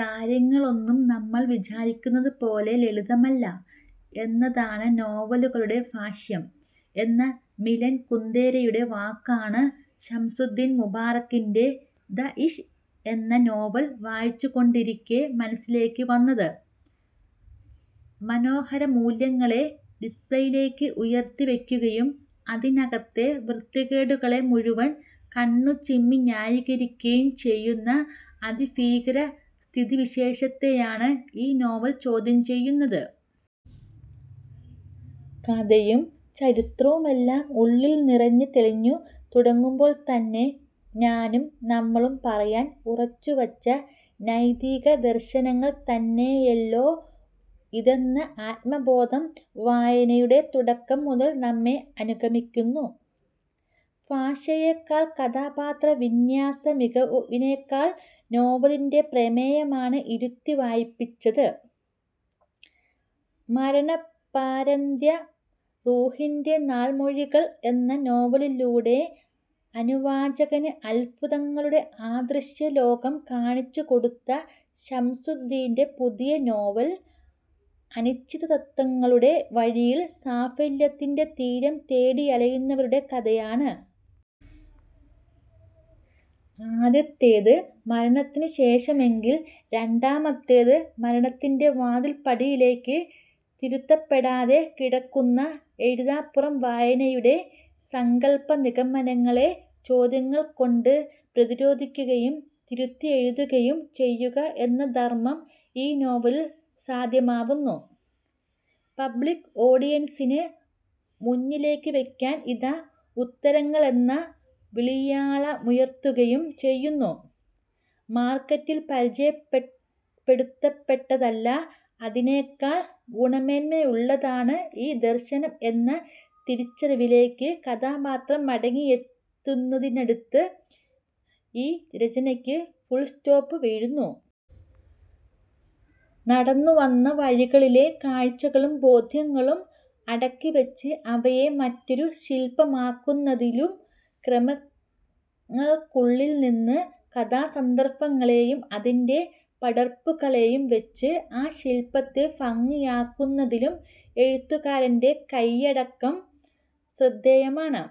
കാര്യങ്ങളൊന്നും നമ്മൾ വിചാരിക്കുന്നതുപോലെ ലളിതമല്ല എന്നതാണ് നോവലുകളുടെ ഭാഷ്യം എന്ന മിലൻ കുന്ദേരയുടെ വാക്കാണ് ശംസുദ്ദീൻ മുബാറക്കിന്റെ ' ദാഇശ് ' എന്ന നോവൽ വായിച്ചുകൊണ്ടിരിക്കേ മനസ്സിലേക്ക് വന്നത്. മനോഹര മൂല്യങ്ങളെ ഡിസ്പ്ലേയിലേക്ക് ഉയർത്തിവയ്ക്കുകയും, അതിനകത്തെ വൃത്തികേടുകളെ മുഴുവൻ കണ്ണുചിമ്മി ന്യായീകരിക്കുകയും ചെയ്യുന്ന അതിഭീകര സ്ഥിതിവിശേഷത്തെയാണ് ഈ നോവൽ ചോദ്യം ചെയ്യുന്നത്. കഥയും ചറിത്രവുമെല്ലാം ഉള്ളിൽ നിറഞ്ഞ് തെളിഞ്ഞു തുടങ്ങുമ്പോൾതന്നെ ഞാനും നമ്മളും പറയാൻ ഉറച്ചുവച്ച നൈതിക ദർശനങ്ങൾ തന്നെയെല്ലോ ഇതെന്ന ആത്മബോധം വായനയുടെ തുടക്കം മുതൽ നമ്മെ അനുഗമിക്കുന്നു. ഭാഷയേക്കാൾ, കഥാപാത്ര വിന്യാസ മികവിനെക്കൾ നോവലിന്റെ പ്രമേയമാണ് ഇരുത്തി വായിപ്പിച്ചത്. ' മരണപര്യന്തം റൂഹിന്റെ നാൾമൊഴികൾ ' എന്ന നോവലിലൂടെ അനുവാചകന് അത്ഭുതങ്ങളുടെ അദൃശ്യ ലോകം കാണിച്ചുകൊടുത്ത ശംസുദ്ദീന്റെ പുതിയ നോവൽ അനിശ്ചിതത്വങ്ങളുടെ വഴിയിൽ സാഫല്യത്തിന്റെ തീരം തേടിയലയുന്നവരുടെ കഥയാണ്. ആദ്യത്തേത് മരണത്തിനു ശേഷമെങ്കിൽ, രണ്ടാമത്തേത് മരണത്തിന്റെ വാതിൽപ്പടിയിലേക്ക് തിരുത്തപ്പെടാതെ കിടക്കുന്ന എഴുതാപ്പുറം വായനയുടെ സങ്കൽപ്പ നിഗമനങ്ങളെ ചോദ്യങ്ങൾ കൊണ്ട് പ്രധിരോധിക്കുകയും തിരുത്തിയെഴുതുകയും ചെയ്യുക എന്ന ധർമ്മം ഈ നോവലിൽ സാധ്യമാവുന്നു. പബ്ലിക് ഓഡിയൻസിന് മുന്നിലേക്ക് വെക്കാൻ ഇതാ ഉത്തരങ്ങളെന്ന വിളിയാളമുയർത്തുകയും ചെയ്യുന്നു. മാർക്കറ്റിൽ പരിചയപ്പെടുത്തപ്പെട്ടതല്ല, അതിനേക്കാൾ ഗുണമേന്മയുള്ളതാണ് ഈ ദർശനം എന്ന തിരിച്ചറിവിലേക്ക് കഥാപാത്രം മടങ്ങിയെത്തുന്നിടത്ത് ഈ രചനയ്ക്ക് ഫുൾസ്റ്റോപ്പ് വീഴുന്നു. നടന്നുവന്ന വഴികളിലെ കാഴ്ചകളും ബോധ്യങ്ങളും അടുക്കിവച്ച് അവയെ മറ്റൊരു ശിൽപമാക്കുന്നതിലും, ക്രമങ്ങൾക്കുള്ളിൽനിന്ന് കഥാ സന്ദർഭങ്ങളെയും അതിന്റെ പടർപ്പുകളെയും വച്ച് ആ ശിൽപ്പത്തെ ഭംഗിയാക്കുന്നതിലും എഴുത്തുകാരന്റെ കയ്യടക്കം ശ്രദ്ധേയമാണ്.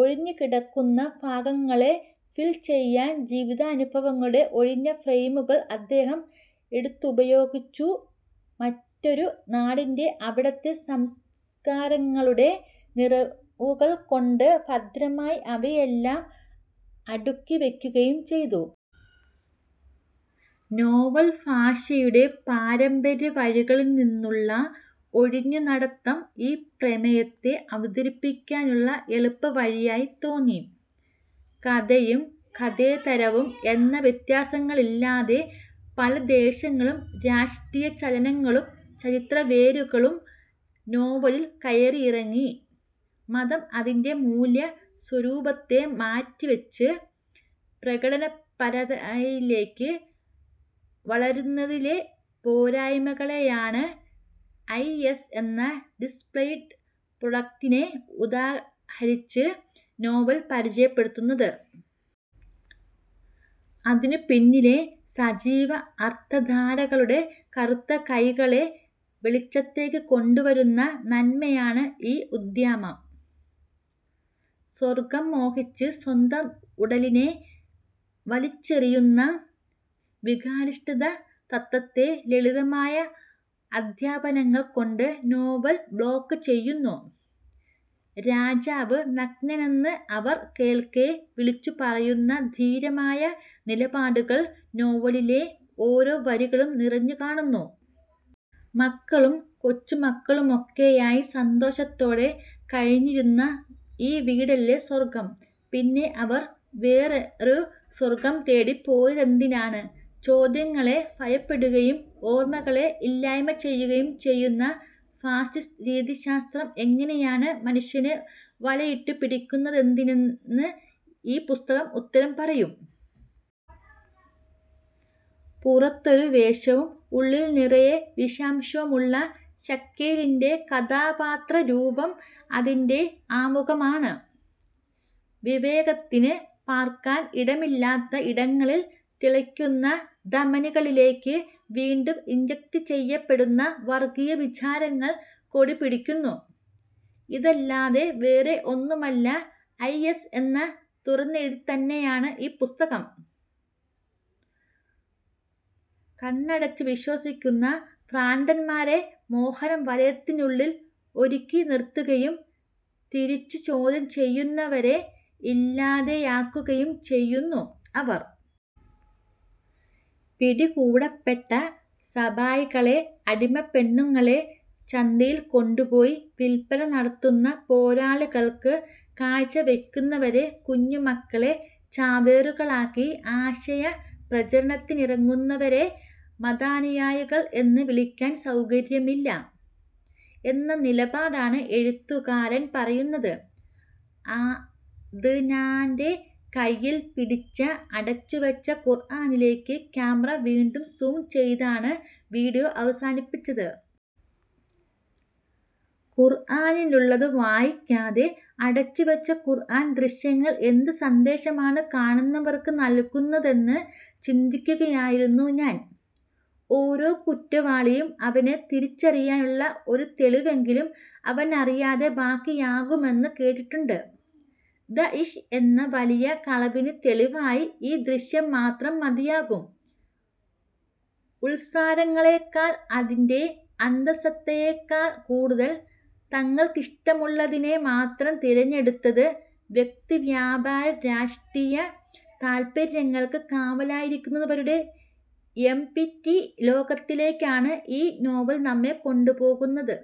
ഒഴിഞ്ഞുകിടക്കുന്ന ഭാഗങ്ങളെ ഫിൽ ചെയ്യാൻ ജീവിതാനുഭവങ്ങളുടെ ഒഴിഞ്ഞ ഫ്രെയിമുകൾ അദ്ദേഹം എടുത്തുപയോഗിച്ചു. മറ്റൊരു നാടിന്റെ, അവിടത്തെ സംസ്കാരങ്ങളുടെ നിറവുകൾ കൊണ്ട് ഭദ്രമായി അവയെല്ലാം അടുക്കിവയ്ക്കുകയും ചെയ്തു. നോവൽ ഭാഷയുടെ പാരമ്പര്യ വഴിയിൽനിന്നുള്ള ഒഴിഞ്ഞു നടത്തം ഈ പ്രമേയത്തെ അവതരിപ്പിക്കാനുള്ള എളുപ്പ വഴിയായി തോന്നി. കഥയും കഥേതരവും എന്ന വ്യത്യാസങ്ങളില്ലാതെ പല ദേശങ്ങളും രാഷ്ട്രീയ ചലനങ്ങളും ചരിത്ര വേരുകളും നോവലിൽ കയറിയിറങ്ങി. മതം, അതിന്റെ മൂല്യ സ്വരൂപത്തെ മാറ്റിവച്ച് പ്രകടനപരതയിലേക്ക് വളരുന്നതിലെ പോരായ്മകളെയാണ് ഐഎസ് എന്ന ഡിസ്പ്ലെഡ് പ്രൊഡക്ടിനെ ഉദാഹരിച്ച് നോവൽ പരിചയപ്പെടുത്തുന്നത്. അതിനു പിന്നിലെ സജീവ അന്തർധാരകളുടെ കറുത്ത കൈകളെ വെളിച്ചത്തേക്ക് കൊണ്ടുവരുന്ന നന്മയാണ് ഈ ഉദ്യമം. സ്വർഗം മോഹിച്ച് സ്വന്തം ഉടലിനെ വലിച്ചെറിയുന്ന വികാരാധിഷ്ഠിത തത്വത്തെ ലളിതമായ അധ്യാപനങ്ങൾ കൊണ്ട് നോവൽ ബ്ലോക്ക് ചെയ്യുന്നു. രാജാവ് നഗ്നനെന്ന് അവർ കേൾക്കെ വിളിച്ചു പറയുന്ന ധീരമായ നിലപാടുകൾ നോവലിലെ ഓരോ വരികളിലും നിറഞ്ഞു കാണുന്നു. '' മക്കളും കൊച്ചുമക്കളുമൊക്കെയായി സന്തോഷത്തോടെ കഴിഞ്ഞിരുന്ന ഈ വീടല്ലേ സ്വർഗം. പിന്നെ അവർ വേറൊരു സ്വർഗം തേടി പോയതെന്തിനാണ്? '' ചോദ്യങ്ങളെ ഭയപ്പെടുകയും, ഓർമ്മകളെ ഇല്ലായ്മ ചെയ്യുകയും ചെയ്യുന്ന ഫാസിസ്റ്റ് രീതിശാസ്ത്രം എങ്ങനെയാണ് മനുഷ്യനെ വലയിട്ടു പിടിക്കുന്നതെന്നതിന് ഈ പുസ്തകം ഉത്തരം പറയും. പുറത്തൊരു വേഷവും ഉള്ളിൽ നിറയെ വിഷാംശവുമുള്ള ഷക്കീലിന്റെ കഥാപാത്രരൂപം അതിന്റെ ആമുഖമാണ്. വിവേകത്തിന് പാർക്കാൻ ഇടമില്ലാത്ത ഇടങ്ങളിൽ, തിളയ്ക്കുന്ന ധമനികളിലേക്ക് വീണ്ടും ഇൻജെക്റ്റ് ചെയ്യപ്പടുന്ന വർഗീയ വിചാരങ്ങൾ കൊടിപിടിക്കുന്നു. ഇതല്ലാതെ വേറെ ഒന്നുമല്ല ഐഎസ് എന്ന തുറന്നെഴുതു തന്നെയാണ് ഈ പുസ്തകം. കണ്ണടച്ചു വിശ്വസിക്കുന്ന ഭ്രാന്തന്മാരെ മോഹന വലയത്തിനുള്ളിൽ ഒരുക്കി നിർത്തുകയും, തിരിച്ചു ചോദ്യം ചെയ്യുന്നവരെ ഇല്ലാതെയാക്കുകയും ചെയ്യുന്നു അവർ. പിടികൂടപ്പെട്ട സബായകളെ- അടിമപ്പെണ്ണുങ്ങളെ- ചന്തയിൽ കൊണ്ടുപോയി വിൽപ്പന നടത്തുന്ന, പോരാളികൾക്ക് കാഴ്ചവയ്ക്കുന്നവരെ, കുഞ്ഞുമക്കളെ ചാവേറുകളാക്കി ആശയ പ്രചാരണത്തിനിറങ്ങുന്നവരെ മതാനുയായികൾ എന്ന് വിളിക്കാൻ സൗകര്യമില്ല എന്ന നിലപാടാണ് എഴുത്തുകാരൻ പറയുന്നത്. '' അദ്നാന്റെ കയ്യിൽ പിടിച്ച അടച്ചുവച്ച ഖുർആനിലേക്ക് ക്യാമറ വീണ്ടും സൂം ചെയ്താണ് വീഡിയോ അവസാനിപ്പിച്ചത്. ഖുർആനിലുള്ളത് വായിക്കാതെ അടച്ചുവച്ച ഖുർആൻ ദൃശ്യങ്ങൾ എന്ത് സന്ദേശമാണ് കാണുന്നവർക്ക് നൽകുന്നതെന്ന് ചിന്തിക്കുകയായിരുന്നു ഞാൻ. ഓരോ കുറ്റവാളിയും അവനെ തിരിച്ചറിയാനുള്ള ഒരു തെളിവെങ്കിലും അവനറിയാതെ ബാക്കിയാക്കുമെന്ന് കേട്ടിട്ടുണ്ട്. ദാഇശ് എന്ന വലിയ കളവിന് തെളിവായി ഈ ദൃശ്യം മാത്രം മതിയാകും '' ഉൾസാരങ്ങളെക്കാൾ, അതിന്റെ അന്തസത്തയേക്കാൾ കൂടുതൽ, തങ്ങൾക്കിഷ്ടമുള്ളതിനെ മാത്രം തിരഞ്ഞെടുത്തത് വ്യക്തി വ്യാപാര രാഷ്ട്രീയ താല്പര്യൾക്ക് കാവലിരിക്കുന്നവരുടെ എംപ്റ്റി ലോകത്തിലേക്കാണ് ഈ നോവൽ നമ്മെ കൊണ്ടുപോകുന്നത്.